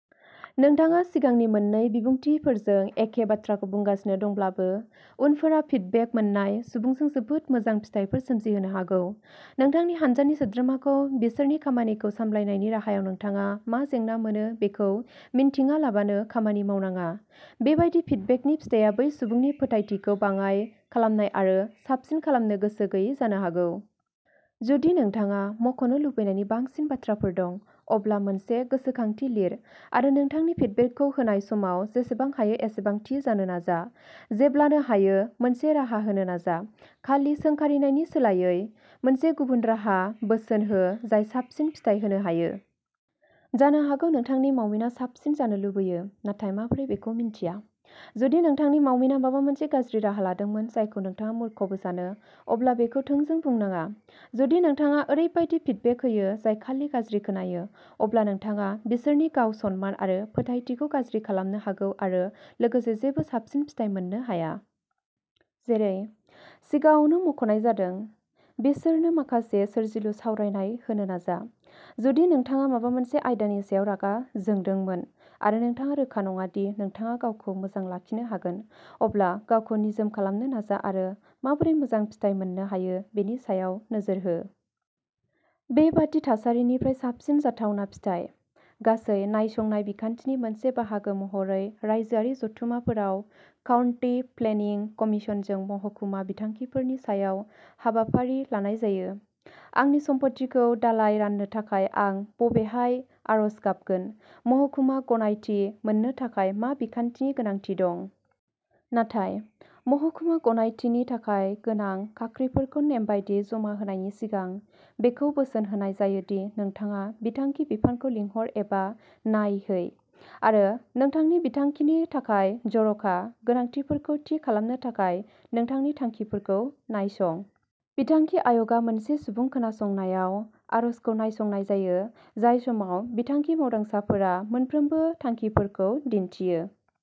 नोंथाङा सिगांनि मोन्नै बिबुंथिफोरजोंबो एखे बाथ्राखौ बुंगासिनो दंब्लाबो, उननिफोरा फिडबेक मोन्नाय सुबुंजों जोबोद मोजां फिथायफोर सोमजिहोनो हागौ। नोंथांनि हानजानि सोद्रोमाखौ बिसोरनि खामानिखौ सामलायनायनि राहायाव नोंथाङा मा जेंना मोनो बेखौ मिन्थिङालाबानो खामानि मावनाङा। बेबादि फिडबेकनि फिथाया बै सुबुंनि फोथायथिखौ बाङाइ खालामनाय आरो साबसिन खालामनो गोसो गैयै जानो हागौ। जुदि नोंथाङा मख'नो लुबैनायनि बांसिन बाथ्राफोर दं, अब्ला मोनसे गोसोखांथि लिर आरो नोंथांनि फिडबेकखौ होनाय समाव जेसेबां हायो एसेबां थि जानो नाजा। जेब्लानो हायो, मोनसे राहा होनो नाजा। खालि सोंखारिनायनि सोलायै, मोनसे गुबुन राहा बोसोन हो जाय साबसिन फिथाय होनो हायो। जानो हागौ नोंथांनि मावमिना साबसिन जानो लुबैयो, नाथाय माबोरै बेखौ मिन्थिया? जुदि नोंथांनि मावमिना माबा मोनसे गाज्रि राहा लादोंमोन जायखौ नोंथाङा मूर्खबो सानो, अब्ला बेखौ थोंजों बुंनाङा। जुदि नोंथाङा ओरैबायदि फिडबेक होयो जाय खालि गाज्रि खोनायो, अब्ला नोंथाङा बिसोरनि गाव-सनमान आरो फोथायथिखौ गाज्रि खालामनो हागौ आरो लोगोसे जेबो साबसिन फिथाय मोननो हाया। जेरै सिगाङावनो मुंख'नाय जादों, बिसोरनो माखासे सोरजिलु सावरायनाय होनो नाजा। जुदि नोंथाङा माबा मोनसे आयदानि सायाव रागा जोंदोंमोन, आरो नोंथाङा रोखा नङा दि नोंथाङा गावखौ मोजां लाखिनो हागोन, अब्ला गावखौ निजोम खालामनो नाजा आरो माबोरै मोजां फिथाय मोननो हायो बेनि सायाव नोजोर हो। बेबादि थासारिनिफ्राय साबसिन जाथावना फिथाय। गासै नायसंनाय बिखान्थिनि मोनसे बाहागो महरै रायजोआरि जथुमफोराव काउन्टि प्लेनिं कमिसनजों महकुमा बिथांखिफोरनि सायाव हाबाफारि लानाय जायो। आंनि सम्फथिखौ दालाय राननो थाखाय आं बबेहाय आर'ज गाबगोन? महकुमा गनायथि मोन्नो थाखाय मा बिखान्थिनि गोनांथि दं? नाथाय, महकुमा गनायथिनि थाखाय गोनां खाख्रिफोरखौ नेम बायदियै जमा होनायनि सिगां, बेखौ बोसोन होनाय जायो दि नोंथाङा बिथांखि बिफानखौ लिंहर एबा नायहै आरो नोंथांनि बिथांखिनि थाखाय जर'खा गोनांथिफोरखौ थि खालामनो थाखाय नोंथांनि थांखिफोरखौ नायसं। बिथांखि आय'गआ मोनसे सुबुं खोनासंनायाव आर'जखौ नायसंनाय जायो, जाय समाव बिथांखि मावदांसाफोरा मोनफ्रोमबो थांखिफोरखौ दिन्थियो।